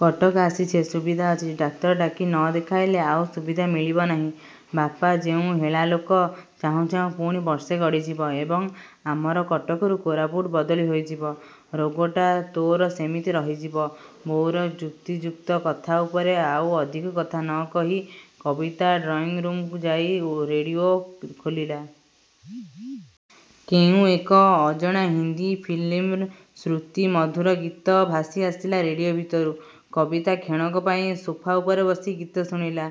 କଟକ ଆସିଛେ, ସୁବିଧା ଅଛି। ଡାକ୍ତର ଡାକି ନ ଦେଖାଇଲେ ଆଉ ସୁବିଧା ମିଳିବ ନାହିଁ। ବାପା ଯେଉଁ ହେଳା ଲୋକ, ଚାହୁଁ ଚାହୁଁ ପୁଣି ବର୍ଷେ ଗଡ଼ିଯିବ ଏବଂ ଆମର କଟକରୁ କୋରାପୁଟ ବଦଳି ହୋଇଯିବ। ରୋଗଟା ତୋର ସେମିତି ରହିଯିବ। ବୋଉର ଯୁକ୍ତିଯୁକ୍ତ କଥା ଉପରେ ଆଉ ଅଧିକ କଥା ନ କହି କବିତା ଡ୍ରଇଁରୁମ୍କୁ ଯାଇ ରେଡ଼ିଓ ଖୋଲିଲା। କେଉଁ ଏକ ଅଜଣା ହିନ୍ଦୀ ଫିଲିମ୍ର ସ୍ମୃତି ମଧୁର ଗୀତ ଭାସି ଆସିଲା ରେଡ଼ିଓ ଭିତରୁ। କବିତା କ୍ଷଣକ ପାଇଁ ସୋଫା ଉପରେ ବସି ଗୀତ ଶୁଣିଲା।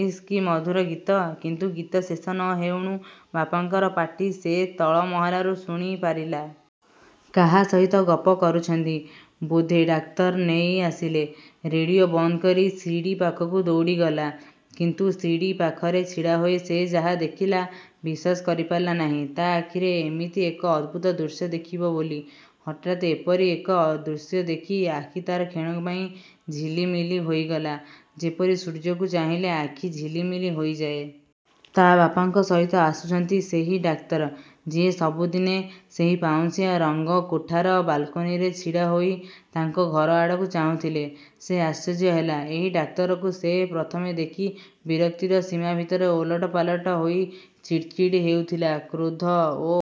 ଇସ୍ କି ମଧୁର ଗୀତ। କିନ୍ତୁ ଗୀତ ଶେଷ ନ ହେଉଣୁ ବାପାଙ୍କର ପାଟି ସେ ତଳ ମହଲାରୁ ଶୁଣି ପାରିଲା। କାହା ସହିତ ଗପ କରୁଛନ୍ତି? ବୋଧେ ଡାକ୍ତର ନେଇ ଆସିଲେ। ରେଡ଼ିଓ ବନ୍ଦ କରି ସିଡ଼ି ପାଖକୁ ଦୌଡ଼ିଗଲା। କିନ୍ତୁ ସିଡ଼ି ପାଖରେ ଛିଡ଼ାହୋଇ ସେ ଯାହା ଦେଖିଲା, ବିଶ୍ୱାସ କରିପାରିଲା ନାହିଁ, ତା' ଆଖିରେ ଏମିତି ଏକ ଅଦ୍ଭୁତ ଦୃଶ୍ୟ ଦେଖିବ ବୋଲି। ହଠାତ୍ ଏପରି ଏକ ଦୃଶ୍ୟ ଦେଖି ଆଖି ତା'ର କ୍ଷଣକ ପାଇଁ ଝିଲି ମିଲି ହୋଇଗଲା, ଯେପରି ସୂର୍ଯ୍ୟକୁ ଚାହିଁଲେ ଆଖି ଝିଲି ମିଲି ହୋଇଯାଏ। ତା' ବାପାଙ୍କ ସହିତ ଆସିଛନ୍ତି ସେହି ଡାକ୍ତର, ଯିଏ ସବୁଦିନେ ସେହି ପାଉଁଶିଆ ରଙ୍ଗ କୋଠାର ବାଲକୋନିରେ ଛିଡ଼ା ହୋଇ ତାଙ୍କ ଘର ଆଡ଼କୁ ଚାହୁଁଥିଲେ। ସେ ଆଶ୍ଚର୍ଯ୍ୟ ହେଲା। ଏହି ଡାକ୍ତରକୁ ସେ ପ୍ରଥମେ ଦେଖି ବିରକ୍ତିର ସୀମା ଭିତରେ ଓଲଟ ପାଲଟ ହୋଇ ଚିଡ଼ି ଚିଡ଼ି ହେଉଥିଲା, କ୍ରୋଧ ଓ।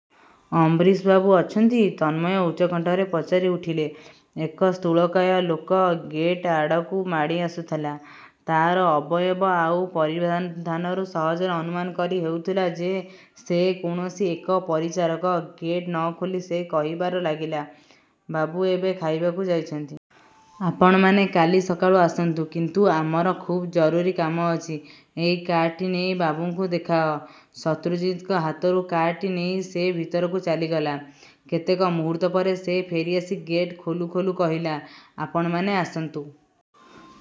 'ଅମ୍ବରୀଶବାବୁ ଅଛନ୍ତି? ' ତନ୍ମୟ ଉଚ୍ଚକଣ୍ଠରେ ପଚାରି ଉଠିଲେ। ଏକ ସ୍ଥୂଳକାୟ ଲୋକ ଗେଟ୍ଆଡ଼କୁ ମାଡ଼ିଆସୁଥିଲା। ତା'ର ଅବୟବ ଆଉ ପରିଧାନରୁ ସହଜରେ ଅନୁମାନ କରି ହେଉଥିଲା ଯେ ସେ କୌଣସି ଏକ ପରିଚାରକ। ଗେଟ୍ ନ ଖୋଲି ସେ କହିବାରେ ଲାଗିଲା, 'ବାବୁ ଏବେ ଖାଇବାକୁ ଯାଇଛନ୍ତି। ଆପଣମାନେ କାଲି ସକାଳୁ ଆସନ୍ତୁ। ' 'କିନ୍ତୁ ଆମର ଖୁବ୍ ଜରୁରୀ କାମ ଅଛି। ଏଇ କାର୍ଡ଼ଟି ନେଇ ବାବୁଙ୍କୁ ଦେଖାଅ। ' ଶତ୍ରୁଜିତଙ୍କ ହାତରୁ କାର୍ଡ଼ଟି ନେଇ ସେ ଭିତରକୁ ଚାଲିଗଲା। କେତେକ ମୁହୂର୍ତ୍ତ ପରେ ସେ ଫେରିଆସି ଗେଟ୍ ଖୋଲୁ ଖୋଲୁ କହିଲା, 'ଆପଣମାନେ ଆସନ୍ତୁ।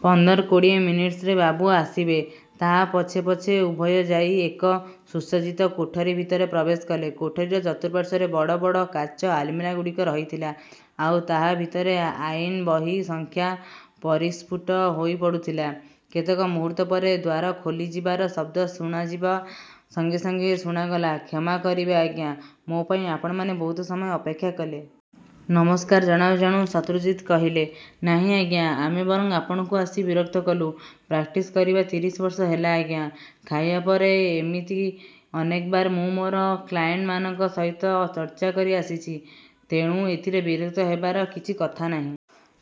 ପନ୍ଦର କୋଡ଼ିଏ ମିନିଟ୍ପରେ ବାବୁ ଆସିବେ। ' ତା ପଛେ ପଛେ ଉଭୟ ଯାଇ ଏକ ସୁସଜ୍ଜିତ କୋଠରି ଭିତରେ ପ୍ରବେଶ କଲେ। କୋଠରିର ଚତୁଃପାର୍ଶ୍ୱରେ ବଡ଼ ବଡ଼ କାଚ ଆଲମିରାଗୁଡ଼ିକ ରହିଥିଲା। ଆଉ ତାହା ଭିତରେ ଆଇନ ବହିର ସଂଖ୍ୟା ପରିସ୍ଫୁଟ ହୋଇପଡ଼ୁଥିଲା। କେତେକ ମୁହୂର୍ତ୍ତ ପରେ ଦ୍ୱାର ଖୋଲିଯିବାର ଶବ୍ଦ ଶୁଣାଯିବା ସଙ୍ଗେ ସଙ୍ଗେ ଶୁଣାଗଲା, 'କ୍ଷମା କରିବେ ଆଜ୍ଞା, ମୋ ପାଇଁ ଆପଣମାନେ ବହୁତ ସମୟ ଅପେକ୍ଷା କଲେ। ' ନମସ୍କାର ଜଣାଉ ଜଣାଉ ଶତ୍ରୁଜିତ କହିଲେ, ନାହିଁ ଆଜ୍ଞା, ଆମେ ବରଂ ଆପଣଙ୍କୁ ଆସି ବିରକ୍ତ କଲୁଁ। ପ୍ରାକ୍ଟିସ କରିବାର ତିରିଶ ବର୍ଷ ହେଇଗଲା, ଆଜ୍ଞା! ଖାଇବା ପରେ ପରେ ଇମିତି ଅନେକବାର ମୁଁ ମୋର କ୍ଲାଏଣ୍ଟମାନଙ୍କ ସହିତ ଚର୍ଚ୍ଚା କରିଆସିଛି। ତେଣୁ ଏଥିରେ ବିରକ୍ତ ହେବାର କିଛି କଥା ନାହିଁ।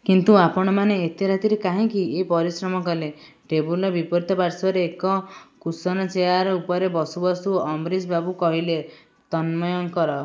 କିନ୍ତୁ ଆପଣମାନେ ଏତେ ରାତିରେ କାହିଁକି ଏ ପରିଶ୍ରମ କଲେ? ଟେବୁଲର ବିପରୀତ ପାର୍ଶ୍ୱରେ ଏକ କୁସନ ଚେୟାର ଉପରେ ବସୁ ବସୁ ଅମ୍ବରୀଶବାବୁ କହିଲେ। ତନ୍ମୟଙ୍କର